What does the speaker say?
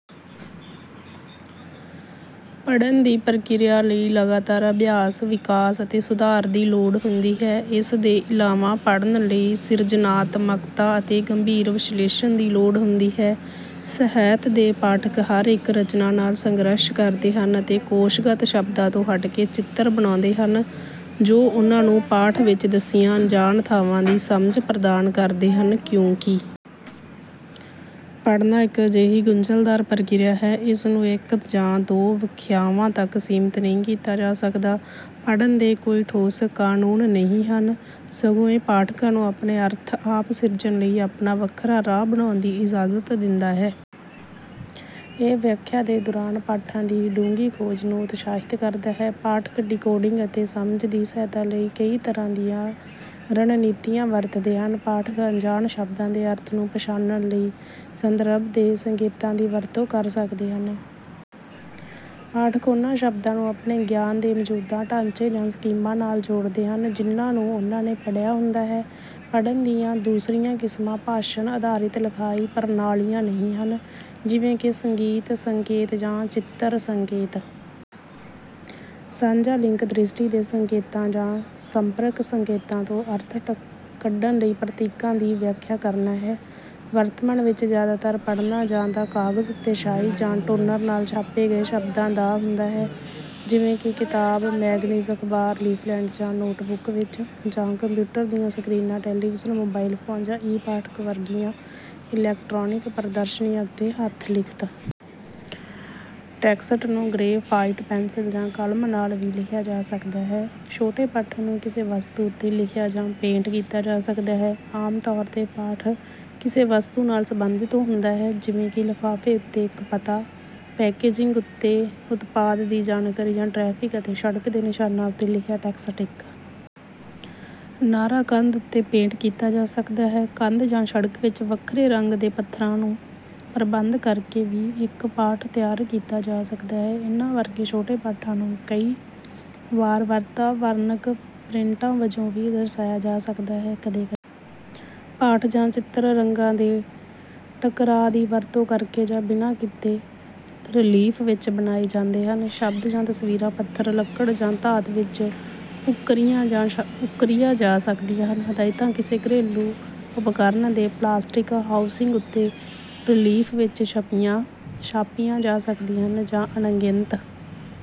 ਪੜ੍ਹਨ ਦੀ ਪ੍ਰਕਿਰਿਆ ਲਈ ਲਗਾਤਾਰ ਅਭਿਆਸ, ਵਿਕਾਸ ਅਤੇ ਸੁਧਾਰ ਦੀ ਲੋੜ ਹੁੰਦੀ ਹੈ। ਇਸ ਦੇ ਇਲਾਵਾ, ਪੜ੍ਹਨ ਲਈ ਸਿਰਜਣਾਤਮਕਤਾ ਅਤੇ ਗੰਭੀਰ ਵਿਸ਼ਲੇਸ਼ਣ ਦੀ ਲੋੜ ਹੁੰਦੀ ਹੈ। ਸਾਹਿਤ ਦੇ ਪਾਠਕ ਹਰ ਇੱਕ ਰਚਨਾ ਨਾਲ ਸੰਘਰਸ਼ ਕਰਦੇ ਹਨ ਅਤੇ ਕੋਸ਼ਗਤ ਸ਼ਬਦਾਂ ਤੋਂ ਹਟ ਕੇ ਚਿੱਤਰ ਬਣਾਉਂਦੇ ਹਨ, ਜੋ ਉਨ੍ਹਾਂ ਨੂੰ ਪਾਠ ਵਿੱਚ ਦੱਸੀਆਂ ਅਣਜਾਣ ਥਾਵਾਂ ਦੀ ਸਮਝ ਪ੍ਰਦਾਨ ਕਰਦੇ ਹਨ। ਕਿਉਂਕਿ ਪੜ੍ਹਨਾ ਇੱਕ ਅਜਿਹੀ ਗੁੰਝਲਦਾਰ ਪ੍ਰਕਿਰਿਆ ਹੈ, ਇਸ ਨੂੰ ਇੱਕ ਜਾਂ ਦੋ ਵਿਆਖਿਆਵਾਂ ਤੱਕ ਸੀਮਤ ਨਹੀਂ ਕੀਤਾ ਜਾ ਸਕਦਾ। ਪੜ੍ਹਨ ਦੇ ਕੋਈ ਠੋਸ ਕਾਨੂੰਨ ਨਹੀਂ ਹਨ, ਸਗੋਂ ਇਹ ਪਾਠਕਾਂ ਨੂੰ ਆਪਣੇ ਅਰਥ ਆਪ ਸਿਰਜਣ ਲਈ ਆਪਣਾ ਵੱਖਰਾ ਰਾਹ ਬਣਾਉਣ ਦੀ ਇਜਾਜ਼ਤ ਦਿੰਦਾ ਹੈ। ਇਹ ਵਿਆਖਿਆ ਦੇ ਦੌਰਾਨ ਪਾਠਾਂ ਦੀ ਡੂੰਘੀ ਖੋਜ ਨੂੰ ਉਤਸ਼ਾਹਿਤ ਕਰਦਾ ਹੈ। ਪਾਠਕ ਡੀਕੋਡਿੰਗ ਅਤੇ ਸਮਝ ਦੀ ਸਹਾਇਤਾ ਲਈ ਕਈ ਤਰ੍ਹਾਂ ਦੀਆਂ ਰਣਨੀਤੀਆਂ ਵਰਤਦੇ ਹਨ। ਪਾਠਕ ਅਣਜਾਣ ਸ਼ਬਦਾਂ ਦੇ ਅਰਥ ਨੂੰ ਪਛਾਣਨ ਲਈ ਸੰਦਰਭ ਦੇ ਸੰਕੇਤਾਂ ਦੀ ਵਰਤੋਂ ਕਰ ਸਕਦੇ ਹਨ। ਪਾਠਕ ਉਹਨਾਂ ਸ਼ਬਦਾਂ ਨੂੰ ਆਪਣੇ ਗਿਆਨ ਦੇ ਮੌਜੂਦਾ ਢਾਂਚੇ ਜਾਂ ਸਕੀਮਾ ਨਾਲ ਜੋੜਦੇ ਹਨ, ਜਿਨ੍ਹਾਂ ਨੂੰ ਉਨ੍ਹਾਂ ਨੇ ਪੜ੍ਹਿਆ ਹੁੰਦਾ ਹੈ। ਪੜ੍ਹਨ ਦੀਆਂ ਦੂਸਰੀਆਂ ਕਿਸਮਾਂ ਭਾਸ਼ਣ-ਅਧਾਰਿਤ ਲਿਖਾਈ ਪ੍ਰਣਾਲੀਆਂ ਨਹੀਂ ਹਨ, ਜਿਵੇਂ ਕਿ ਸੰਗੀਤ-ਸੰਕੇਤ ਜਾਂ ਚਿੱਤਰ-ਸੰਕੇਤ। ਸਾਂਝਾ ਲਿੰਕ ਦ੍ਰਿਸ਼ਟੀ ਦੇ ਸੰਕੇਤਾਂ ਜਾਂ ਸੰਪਰਕ ਸੰਕੇਤਾਂ ਤੋਂ ਅਰਥ ਕੱਢਣ ਲਈ ਪ੍ਰਤੀਕਾਂ ਦੀ ਵਿਆਖਿਆ ਕਰਨਾ ਹੈ। ਵਰਤਮਾਨ ਵਿੱਚ ਜ਼ਿਆਦਾਤਰ ਪੜ੍ਹਨਾ ਜਾਂ ਤਾਂ ਕਾਗਜ਼ ਉੱਤੇ ਸਿਆਹੀ ਜਾਂ ਟੋਨਰ ਨਾਲ ਛਾਪੇ ਗਏ ਸ਼ਬਦਾਂ ਦਾ ਹੁੰਦਾ ਹੈ, ਜਿਵੇਂ ਕਿ ਕਿਤਾਬ, ਮੈਗਜ਼ੀਨ, ਅਖ਼ਬਾਰ, ਲੀਫ਼ਲੈਟ ਜਾਂ ਨੋਟਬੁੱਕ ਵਿੱਚ, ਜਾਂ ਕੰਪਿਊਟਰ ਦੀਆਂ ਸਕ੍ਰੀਨਾਂ, ਟੈਲੀਵਿਜ਼ਨ, ਮੋਬਾਈਲ ਫ਼ੋਨ ਜਾਂ ਈ-ਪਾਠਕ ਵਰਗੀਆਂ ਇਲੈਕਟ੍ਰਾਨਿਕ ਪ੍ਰਦਰਸ਼ਨੀਆਂ ਉੱਤੇ। ਹੱਥ-ਲਿਖਤ ਟੈਕਸਟ ਨੂੰ ਗ੍ਰੈਫਾਈਟ ਪੈਨਸਿਲ ਜਾਂ ਕਲਮ ਨਾਲ ਵੀ ਲਿਖਿਆ ਜਾ ਸਕਦਾ ਹੈ। ਛੋਟੇ ਪਾਠਾਂ ਨੂੰ ਕਿਸੇ ਵਸਤੂ ਉੱਤੇ ਲਿਖਿਆ ਜਾਂ ਪੇਂਟ ਕੀਤਾ ਜਾ ਸਕਦਾ ਹੈ। ਆਮ ਤੌਰ ’ਤੇ ਪਾਠ ਕਿਸੇ ਵਸਤੂ ਨਾਲ ਸਬੰਧਤ ਹੁੰਦਾ ਹੈ, ਜਿਵੇਂ ਕਿ ਲਿਫ਼ਾਫ਼ੇ ਉੱਤੇ ਇੱਕ ਪਤਾ, ਪੈਕੇਜਿੰਗ ਉੱਤੇ ਉਤਪਾਦ ਦੀ ਜਾਣਕਾਰੀ, ਜਾਂ ਟ੍ਰੈਫ਼ਿਕ ਅਤੇ ਸੜਕ ਦੇ ਨਿਸ਼ਾਨਾਂ ਉੱਤੇ ਲਿਖਿਆ ਟੈਕਸਟ। ਇੱਕ ਨਾਅਰਾ ਕੰਧ ਉੱਤੇ ਪੇਂਟ ਕੀਤਾ ਜਾ ਸਕਦਾ ਹੈ। ਕੰਧ ਜਾਂ ਸੜਕ ਵਿੱਚ ਵੱਖਰੇ ਰੰਗ ਦੇ ਪੱਥਰਾਂ ਦਾ ਪ੍ਰਬੰਧ ਕਰਕੇ ਵੀ ਇੱਕ ਪਾਠ ਤਿਆਰ ਕੀਤਾ ਜਾ ਸਕਦਾ ਹੈ। ਇਹਨਾਂ ਵਰਗੇ ਛੋਟੇ ਪਾਠਾਂ ਨੂੰ ਕਈ ਵਾਰ ਵਾਤਾਵਰਣਕ ਪ੍ਰਿੰਟਾਂ ਵਜੋਂ ਵੀ ਦਰਸਾਇਆ ਜਾਂਦਾ ਹੈ। ਕਦੇ-ਕਦੇ ਪਾਠ ਜਾਂ ਚਿੱਤਰ ਰੰਗਾਂ ਦੇ ਟਕਰਾਅ ਦੀ ਵਰਤੋਂ ਕਰਕੇ ਜਾਂ ਬਿਨਾਂ ਕੀਤੇ, ਰਿਲੀਫ਼ ਵਿੱਚ ਬਣਾਏ ਜਾਂਦੇ ਹਨ। ਸ਼ਬਦ ਜਾਂ ਤਸਵੀਰਾਂ ਪੱਥਰ, ਲੱਕੜ ਜਾਂ ਧਾਤ ਵਿੱਚ ਉੱਕਰੀਆਂ ਜਾ ਸਕਦੀਆਂ ਹਨ। ਹਦਾਇਤਾਂ ਕਿਸੇ ਘਰੇਲੂ ਉਪਕਰਣ ਦੇ ਪਲਾਸਟਿਕ ਹਾਊਸਿੰਗ ਉੱਤੇ ਰਿਲੀਫ਼ ਵਿੱਚ ਛਾਪੀਆਂ ਜਾ ਸਕਦੀਆਂ ਹਨ। ਜਾਂ ਅਣਗਿਣਤ...